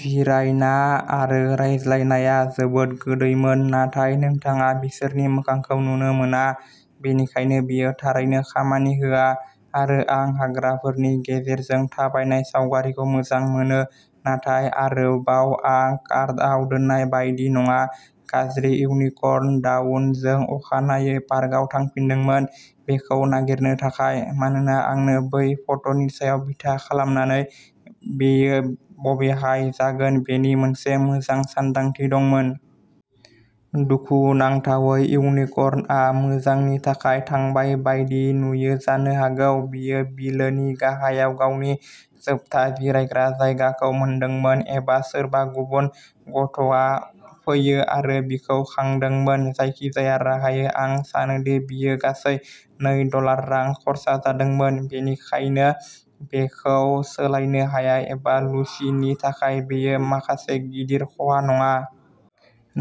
जिरायना आरो रायज्लायनाया जोबोद गोदैमोन, नाथाय नोंथाङा बिसोरनि मोखांखौ नुनो मोना, बेनिखायनो बेयो थारैनो खामानि होआ। आरो आं हाग्राफोरनि गेजेरजों थाबायनाय सावगारिखौ मोजां मोनो, नाथाय आरोबाव आं कार्डआव दोननाय बायदि नङा। गाज्रि इउनिकर्न डाउन जों अखानायै पार्कआव थांफिनदोंमोन बेखौ नागिरनो थाखाय, मानोना आंनो बै फट'नि सायाव बिथा खालामनानै बेयो बबेहाय जागोन बेनि मोनसे मोजां सानदांथि दंमोन। दुखुनांथावै, इउनिकर्नआ मोजांनि थाखाय थांबाय बायदि नुयो जानो हागौ बियो बिलोनि गाहायाव गावनि जोबथा जिरायग्रा जायगाखौ मोनदोंमोन एबा सोरबा गुबुन गथ'आ फैयो आरो बिखौ खांदोंमोन। जायखिजाया राहायै, आं सानोदि बियो गासै नै डलार रां खर्सा जादोंमोन, बेनिखायनो बेखौ सोलायनो हाया एबा लुसिनि थाखाय बेयो माखासे गिदिर खहा नङा।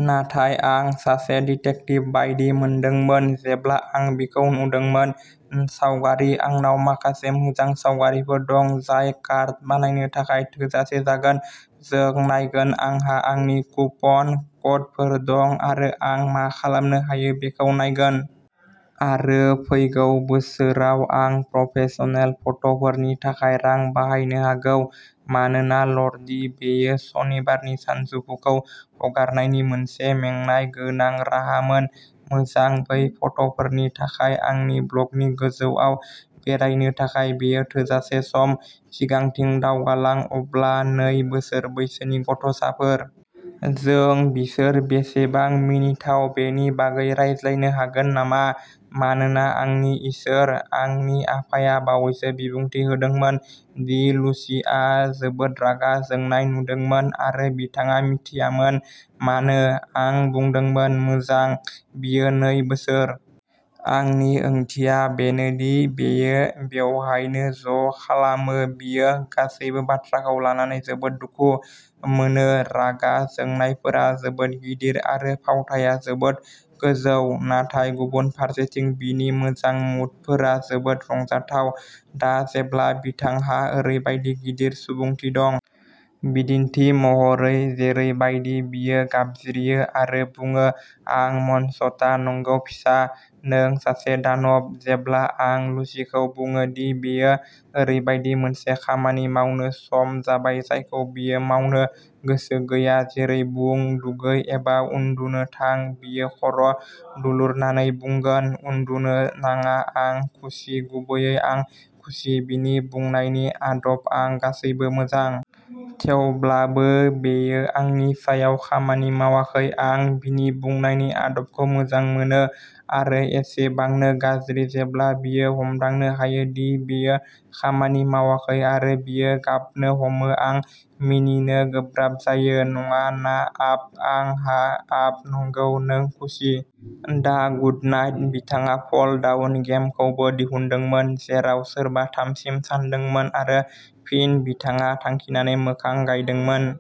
नाथाय आं सासे डिटेक्टिभ बायदि मोनदोंमोन जेब्ला आं बिखौ नुदोंमोन। सावगारि आंनाव माखासे मोजां सावगारिफोर दं, जाय कार्ड बानायनो थाखाय थोजासे जागोन। जों नायगोन आंहा आंनि कुपन क'डफोर दं आरो आं मा खालामनो हायो बेखौ नायगोन। आरो फैगौ बोसोराव, आं प्रफेशनेल फट'फोरनि थाखाय रां बाहायनो हागौ। मानोना ल'र्डि, बेयो सनिबारनि सानजौफुखौ हगारनायनि मोनसे मेंनाय गोनां राहामोन। मोजां, बै फट'फोरनि थाखाय आंनि ब्लगनि गोजौआव बेरायनो थाखाय बेयो थोजासे सम। सिगांथिं दावगालां अब्ला नै बोसोर बैसोनि गथ'साफोर। जों बिसोर बेसेबां मिनिथाव बेनि बागै रायज्लायनो हागोन नामा? मानोना आंनि इसोर। आंनि आफाया बावैसो बिबुंथि होदोंमोन दि लुसिआ जोबोद रागा जोंनाय नुदोंमोन आरो बिथाङा मिथियामोन मानो। आं बुंदोंमोन, मोजां। बियो नै बोसोर। आंनि ओंथिया बेनो दि बेयो बेवहायनो ज'खालामो। बियो गासैबो बाथ्राखौ लानानै जोबोद दुखु मोनो। रागा जोंनायफोरा जोबोद गिदिर, आरो फावथाया जोबोद गोजौ। नाथाय गुबुन फारसेथिं, बिनि मोजां मुडफोरा जोबोद रंजाथाव। दा जेब्ला बिथांहा ओरैबायदि गिदिर सुबुंथि दं। बिदिन्थि महरै जेरैबादि बियो गाबज्रियो आरो बुङो, आं मन्सता नंगौ, फिसा, नों सासे दानब। जेब्ला आं लुसिखौ बुङो दि बेयो ओरैबायदि मोनसे खामानि मावनो सम जाबाय जायखौ बियो मावनो गोसो गैया जेरै, बुं, दुगै एबा उन्दुनो थां बियो खर' दुलुरनानै बुंगोन, उन्दुनो नाङा आं खुसि गुबैयै, आं खुसि बिनि बुंनायनि आदब आं गासैबो मोजां। थेवब्लाबो बेयो आंनि सायाव खामानि मावाखै, आं बिनि बुंनायनि आदबखौ मोजां मोनो। आरो एसेबांनो गाज्रि, जेब्ला बियो हमदांनो हायो दि बेयो खामानि मावाखै आरो बियो गाबनो हमो, आं मिनिनो गोब्राब जायो। नङा ना आप आं हा आप नंगौ, नों खुसि। दा गुडनाइट। बिथाङा फल-डाउन गेम खौबो दिहुनदोंमोन, जेराव सोरबा थामसिम सानदोंमोन आरो फिन बिथाङा थांखिनानै मोखां गायदोंमोन।